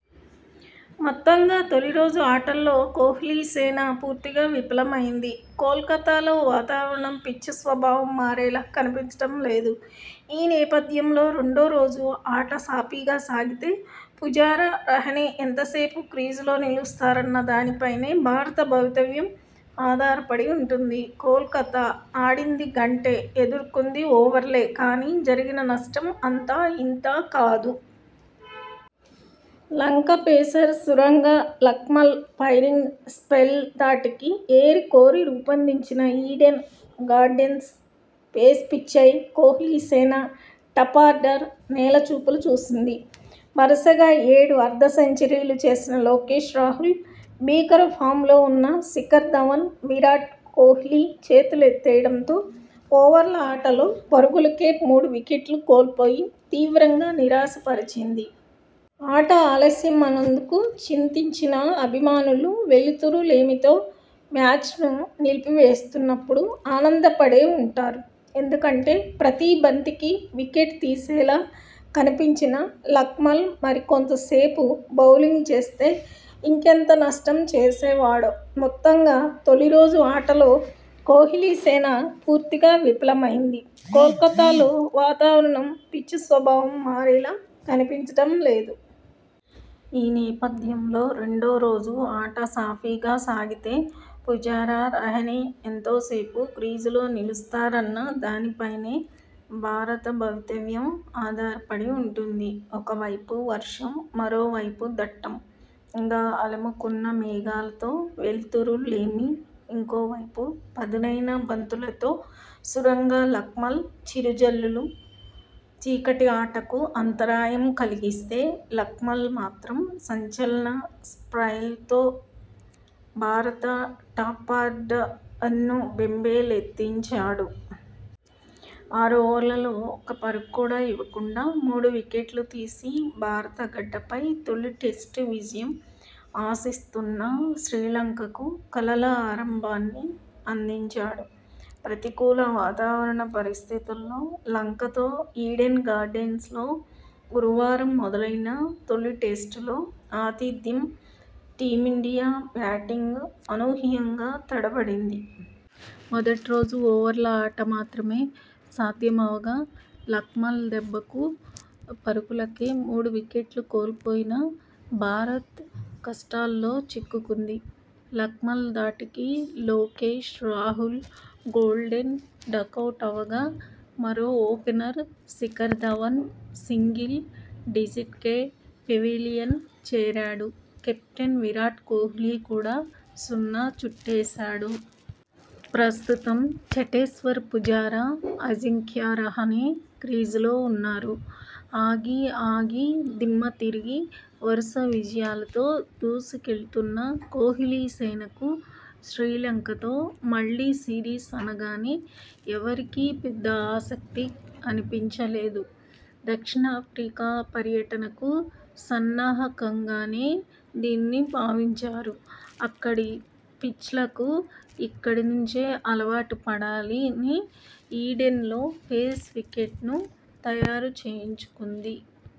మొత్తంగా తొలి రోజు ఆటలో కోహ్లీసేన పూర్తిగా విఫలమైంది! కోల్కతాలో వాతావారణం పిచ్ స్వభావం మారేలా కనిపించడం లేదు! ఈ నేపథ్యంలో రెండో రోజు ఆట సాఫీగా సాగితే పుజారా, రహానె ఎంతసేపు క్రీజులో నిలుస్తారన్న దానిపైనే భారత భవితవ్యం ఆధారపడి ఉంటుంది! కోల్కతా: ఆడింది గంటే ఎదుర్కొంది ఓవర్లే కానీ, జరిగిన నష్టం అంతా ఇంతా కాదు! Lanka pacer Suranga Lakmal firing spell ధాటికి ఏరికోరి రూపొందించినఈడెన్ గార్డెన్స్ పేస్ పిచ్పై కోహ్లీసేన టాపార్డర్ నేల చూపులు చూసింది! వరుసగా ఏడు అర్ధ సెంచరీలు చేసిన లోకేశ్ రాహుల్ భీకర ఫామ్లో ఉన్న శిఖర్ ధవన్, విరాట్ కోహ్లీ చేతులెత్తేడయంతో ఓవర్ల ఆటలో పరుగులకే మూడు వికెట్లు కోల్పోయి తీవ్రంగా నిరాశ పరిచింది! ఆట ఆలస్యమైనందుకు చింతించిన అభిమానులు వెలుతురు లేమితో మ్యాచ్ను నిలిపి వేస్తున్నపుడు ఆనందపడే ఉంటారు! ఎందుకంటే ప్రతీ బంతికి వికెట్ తీసేలా కనిపించిన లక్మల్ మరికొంతసేపు బౌలింగ్ చేస్తే ఇంకెంత నష్టం చేసేవాడో! మొత్తంగా తొలి రోజు ఆటలో కోహ్లీసేన పూర్తిగా విఫలమైంది! కోల్కతాలో వాతావారణం పిచ్ స్వభావం మారేలా కనిపించడం లేదు! ఈ నేపథ్యంలో రెండో రోజు ఆట సాఫీగా సాగితే పుజారా, రహానె ఎంతసేపు క్రీజులో నిలుస్తారన్న దానిపైనే భారత భవితవ్యం ఆధారపడి ఉంటుంది! ఒకవైపు వర్షం మరోవైపు దట్టం గా అలముకున్న మేఘాలతో వెలుతురు లేమి ఇంకోవైపు పదునైన బంతులతో సురంగ లక్మ ల్! చిరు జల్లులు చీకటి ఆటకు అంతరాయం కలిగిస్తే లక్మల్ మాత్రం సంచలన స్పెల్తో భారత టాపార్డర్ను బెంబేలెత్తించాడు! ఆరు ఓవర్లలో ఒక్క పరుగు కూడా ఇవ్వకుండా మూడు వికెట్లు తీసి భారత గడ్డపై తొలి టెస్టు విజయం ఆశిస్తున్న శ్రీలంకకు కలల ఆరంభాన్ని అందించాడు! ప్రతికూల వాతావరణ పరిస్థితుల్లో లంకతో ఈడెన్ గార్డెన్స్లో గురువారం మొదలైన తొలి టెస్టులో ఆతిథ్య టీమిండియా బ్యాటింగ్ అనూ హ్యంగా తడబడింది. మొదటి రోజు ఓవర్ల ఆట మాత్రమే సాథ్యమవగా లక్మల్ దెబ్బకు పరుగుల కే మూడు వికెట్లు కోల్పోయిన భారత్ కష్టాల్లో చిక్కు కుంది. లక్మల్ ధాటికి లోకేశ్ రాహుల్ గోల్డెన్ డకౌటవగా మరో ఓపెనర్ శిఖర్ ధవన్ సింగిల్ డిజిట్కే పెవిలియన్ చేరాడు. కెప్టెన్ విరాట్ కోహ్లీ కూడా సున్నా చుట్టేశాడు. ప్రస్తుతం చటేశ్వర్ పుజారా, అజింక్యా రహానె క్రీజులో ఉన్నారు. ఆగి ఆగి దిమ్మతిరిగి వరుస విజయాలతో దూసుకెళ్తున్న కోహ్లీసేనకు శ్రీలంకతో మళ్లీ సిరీస్ అనగానే ఎవరికీ పెద్ద ఆసక్తి అనిపించలేదు. దక్షిణాఫ్రికా పర్యటనకు సన్నాహకంగానే దీన్ని భావించారు. అక్కడి పిచ్లకు ఇక్కడి నుంచే అలవాటు పడాలని ఈడెన్ లో పేస్ వికెట్ను తయారు చేయించుకుంది.